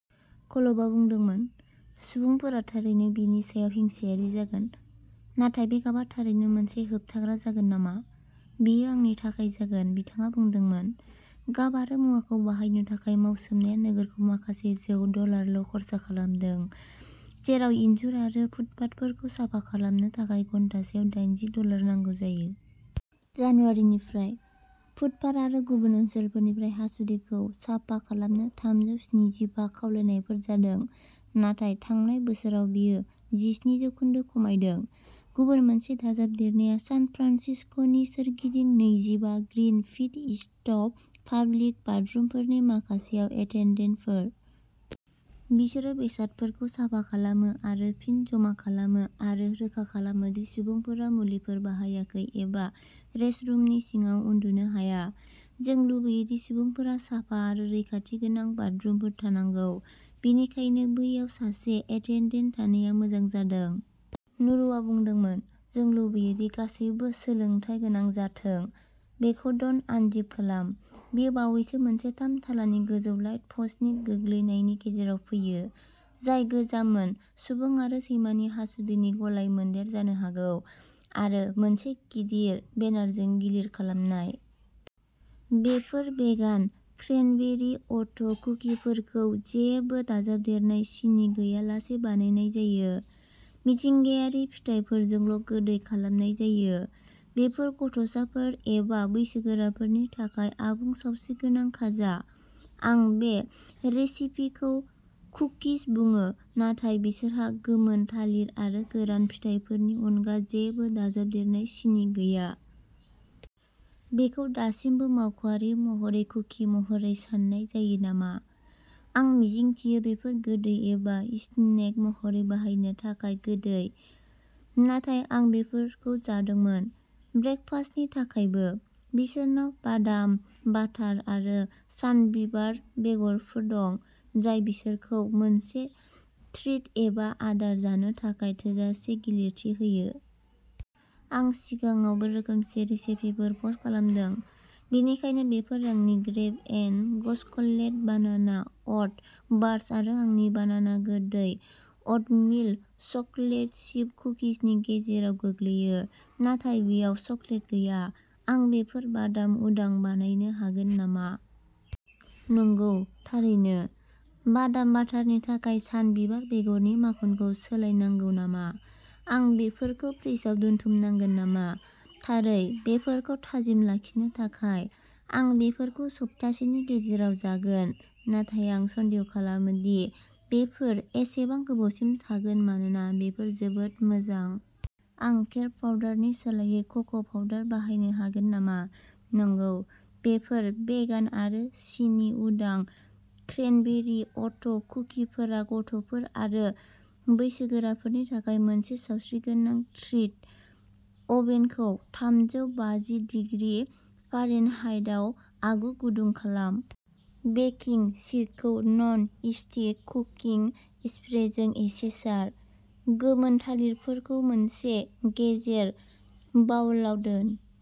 कल्बआ बुंदोंमोन, सुबुंफोरा थारैनो बेनि सायाव हिंसायारि जागोन, नाथाय बे गाबआ थारैनो मोनसे होबथाग्रा जागोन नामा? बेयो आंनि थाखाय जागोन, बिथाङा बुंदोंमोन। गाब आरो मुवाखौ बाहायनो थाखाय मावसोमनाया नोगोरखौ माखासे जौ डलारल' खर्सा खालामदों, जेराव इनजुर आरो फुटपाथफोरखौ साफा खालामनो थाखाय घन्टासेआव दायनजि डलार नांगौ जायो। जानुवारिनिफ्राय, फुटपाथ आरो गुबुन ओनसोलफोरनिफ्राय हासुदैखौ साफा खालामनो थामजौ स्निजिबा खावलायनायफोर जादों। नाथाय थांनाय बोसोराव बेयो जिस्नि जौखोन्दो खमायदों। गुबुन मोनसे दाजाबदेरनाया सान फ्रान्सिस्क'नि सोरगिदिं नैजिबा ग्रीन पिट स्टप पाब्लिक बाथरुमफोरनि माखासेयाव एटेन्डेन्टफोर। बिसोरो बेसादफोरखौ साफा खालामो आरो फिन जमा खालामो आरो रोखा खालामो दि सुबुंफोरा मुलिफोर बाहायाखै एबा रेस्टरुमनि सिङाव उन्दुनो हाया। जों लुबैयो दि सुबुंफोरा साफा आरो रैखाथि गोनां बाथरुमफोर थानांगौ, बेनिखायनो बैयाव सासे एटेन्डेन्ट थानाया मोजां जादों। नुरुआ बुंदोंमोन, जों लुबैयो दि गासैबो सोलोंथाय गोनां जाथों। बेखौ दन्ट आनजिप खालाम। बेयो बावैसो मोनसे थाम थालानि गोजौ लाइट पस्टनि गोग्लैनायनि गेजेराव फैयो, जाय गोजाममोन, सुबुं आरो सैमानि हासुदैनि गलायमोन्देर जानो हागौ, आरो मोनसे गिदिर बेनारजों गिलिर खालामनाय। बेफोर भेगान क्रेनबेरि अ'ट कुकिफोरखौ जेबो दाजाबदेरनाय सिनि गैयालासे बानायनाय जायो, मिथिंगायारि फिथाइफोरजोंल' गोदै खालामनाय जायो। बेफोर गथ'साफोर एबा बैसोगोराफोरनि थाखाय आबुं सावस्रिगोनां खाजा। आं बे रेसिपिखौ कुकिज बुङो, नाथाय बिसोरहा गोमोन थालिर आरो गोरान फिथाइफोरनि अनगा जेबो दाजाबदेरनाय सिनि गैया। बेखौ दासिमबो मावख'आरि महरै कुकि महरै सान्नाय जायो नामा? आं मिजिंथियो बेफोर गोदै एबा स्नेक महरै बाहायनो थाखाय गोदै, नाथाय आं बेफोरखौ जादोंमोन। ब्रेकफास्टनि थाखायबो। बिसोरनाव बादाम बाटार आरो सानबिबार बेगरफोर दं, जाय बिसोरखौ मोनसे ट्रिट एबा आदार जानो थाखाय थोजासे गिलिरथि होयो। आं सिगाङावबो रोखोमसे रेसिपिफोर पस्ट खालामदों, बेनिखायनो बेफोर आंनि grab n go chocolate banana oat bars आरो आंनि बानाना गोदै अटमिल चकलेट चिप कुकिजनि गेजेराव गोग्लैयो, नाथाय बेयाव चकलेट गैया। आं बेफोर बादाम उदां बानायनो हागोन नामा? नंगौ, थारैनो। बादाम बाटारनि थाखाय सानबिबार बेगरनि माखनखौ सोलायनांगौ नामा? आं बेफोरखौ फ्रिजआव दोनथुमनांगोन नामा? थारै, बेफोरखौ थाजिम लाखिनो थाखाय। आं बेफोरखौ सप्तासेनि गेजेराव जागोन, नाथाय आं सन्देह खालामो दि बेफोर एसेबां गोबावसिम थागोन मानोना बेफोर जोबोद मोजां। आं केरब पाउडारनि सोलायै कक' पाउडार बाहायनो हागोन नामा? नंगौ! बेफोर भेगान आरो सिनि उदां क्रेनबेरि अ'ट कुकिफोरा गथ'फोर आरो बैसोगोराफोरनि थाखाय मोनसे सावस्रिगोनां ट्रिट! अभेनखौ थामजौ बाजि डीग्रि फारेनहाइटआव आगु गुदुं खालाम। बेकिं शीटखौ नन सिटिक कुकिं स्प्रेजों एसे सार। गोमोन थालिरफोरखौ मोनसे गेजेर बाउलआव दोन।